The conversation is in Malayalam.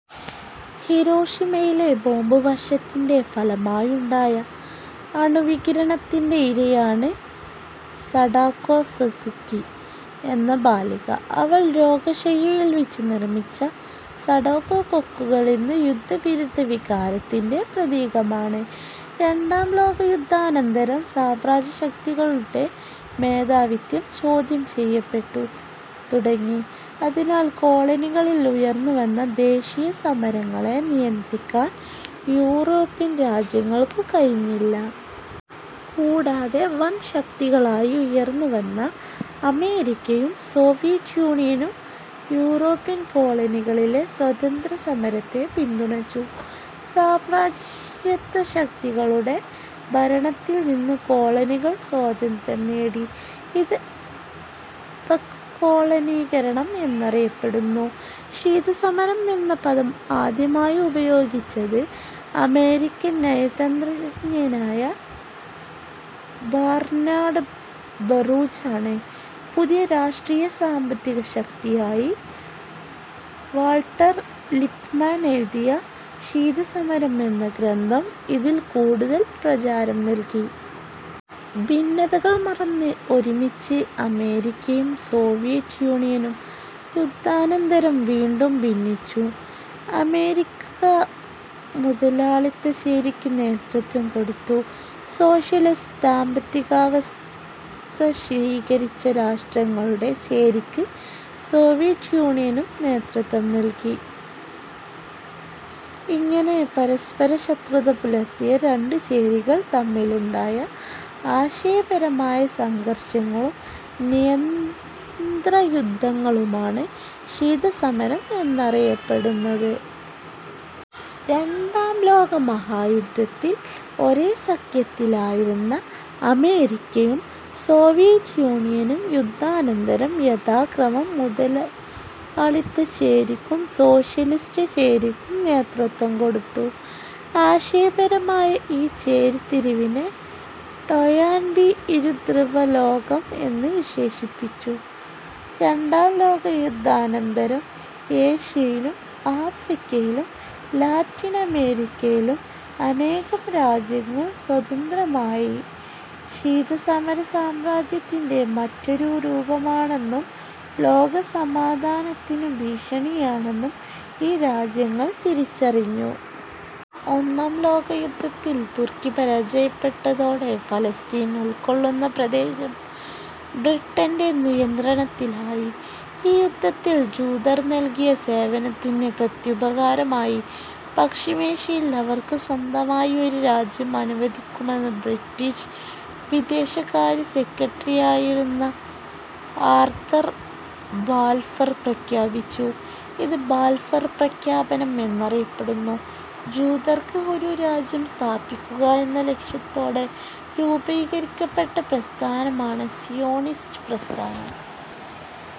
ഹിരോഷിമയിലെ ബോംബ് വർഷത്തിന്റെ ഫലമായുണ്ടായ അണുവികിരണത്തിന്റെ ഇരയാണ് സഡാക്കോ സസുക്കി എന്ന ബാലിക. അവൾ രോഗശയ്യയിൽ വച്ച് നിർമിച്ച സഡാക്കോ കൊക്കുകൾ ഇന്ന് യുദ്ധവിരുദ്ധ വികാരത്തിന്റെ പ്രതീകമാണ്. രണ്ടാം ലോകയുദ്ധാനന്തരം സാമ്രാജ്യത്വശക്തികളുടെ മേധാവിത്വം ചോദ്യം ചെയ്യപ്പെട്ടു തുടങ്ങി. അതിനാൽ കോളനികളിൽ ഉയർന്നുവന്ന ദേശീയസമരങ്ങളെ നിയന്ത്രിക്കാൻ യൂറോപ്യൻ രാജ്യങ്ങൾക്കു കഴിഞ്ഞില്ല. കൂടാതെ വൻശക്തികളായി ഉയർന്നുവന്ന അമേരിക്കയും സോവിയറ്റ് യൂണിയനും യൂറോപ്യൻ കോളനികളിലെ സ്വാതന്ത്ര്യസമരത്തെ പിന്തുണച്ചു. സാമ്രാജ്യത്വശക്തികളുടെ ഭരണത്തിൽനിന്നു കോളനികൾ സ്വാതന്ത്ര്യം നേടി. ഇത് അപകോളനീകരണം എന്നറിയപ്പെടുന്നു. ശീതസമരം എന്ന പദം ആദ്യമായി ഉപയോഗിച്ചത് അമേരിക്കൻ നയതന്തജ്ഞനായ ബർനാഡ് ബറൂച്ച് ആണ്. പുതിയ രാഷ്ട്രീയ സാമ്പത്തിക ശക്തിയായി വാൾട്ടർ ലിപ്മാൻ എഴുതിയ ""ശീതസമരം' എന്ന ഗ്രന്ഥം ഇതിന് കൂടുതൽ പ്രചാരം നൽകി. ഭിന്നതകൾ മറന്ന് ഒരുമിച്ച് അമേരിക്കയും സോവിയറ്റ് യൂണിയനും യുദ്ധാനന്തരം വീണ്ടും ഭിന്നിച്ചു. അമേരിക്ക മുതലാളിത്ത ചേരിക്ക് നേതൃത്വം കൊടുത്തു. സോഷ്യ ലിസ്റ്റ് സാമ്പത്തികവ്യവസ്ഥ സ്വീകരിച്ച രാഷ്ട്രങ്ങളുടെ ചേരിക്ക് സോവിയറ്റ് യൂണിയനും നേതൃത്വം നൽകി. ഇങ്ങനെ പരസ്പരം ശത്രുത പുലർത്തിയ രണ്ടു ചേരികൾ തമ്മിലുണ്ടായ ആശയപരമായ സംഘർഷങ്ങളും നയതന്ത്രയുദ്ധങ്ങളുമാണ് ശീതസമരം എന്നറിയപ്പെടുന്നത്. രണ്ടാം ലോകയുദ്ധത്തിൽ ഒരേ സഖ്യത്തിലായിരുന്ന അമേരിക്കയും സോവിയറ്റ് യൂണിയനും യുദ്ധാനന്തരം യഥാക്രമം മുതലാളിത്ത ചേരിക്കും സോഷ്യലിസ്റ്റ് ചേരിക്കും നേതൃത്വം കൊടുത്തു. ആശയപരമായ ഈ ചേരിതിരിവിനെ ടോയൻബി ഇരുധ്രുവലോകം എന്ന് വിശേഷിപ്പിച്ചു. രണ്ടാം ലോകയുദ്ധാനന്തരം ഏഷ്യയിലും ആഫ്രിക്കയിലും ലാറ്റിനമേരിക്കയിലും അനേകം രാജ്യങ്ങൾ സ്വതന്ത്രമായി. ശീതസമരം സാമ്രാജ്യത്വത്തിന്റെ മറ്റൊരു രൂപമാണെന്നും ലോകസമാധാനത്തിനു ഭീഷണിയാണെന്നും ഈ രാജ്യങ്ങൾ തിരിച്ചറിഞ്ഞു. ഒന്നാം ലോകയുദ്ധത്തിൽ തുർക്കി പരാജയപ്പെട്ടതോടെ പാലസ്തീൻ ഉൾക്കൊള്ളുന്ന പ്രദേശം ബ്രിട്ടന്റെ നിയന്ത്രണത്തിലായി. ഈ യുദ്ധത്തിൽ ജൂതർ നൽകിയ സേവനത്തിന് പ്രത്യുപകാരമായി പശ്ചിമേഷ്യയിൽ അവർക്ക് സ്വന്തമായി ഒരു രാജ്യം അനുവദിക്കുമെന്ന് ബ്രിട്ടീഷ് വിദേശകാര്യ സെക്രട്ടറിയായിരുന്ന ആർതർ ബാൽഫർ പ്രഖ്യാപിച്ചു. ഇത് ബാൽഫർ പ്രഖ്യാപനം എന്നറിയപ്പെടുന്നു. ജൂതർക്ക് ഒരു രാജ്യം സ്ഥാപിക്കുക എന്ന ലക്ഷ്യത്തോടെ രൂപീകരിക്കപ്പെട്ട പ്രസ്ഥാനമാണ് സിയോണിസ്റ്റ് പ്രസ്ഥാനം.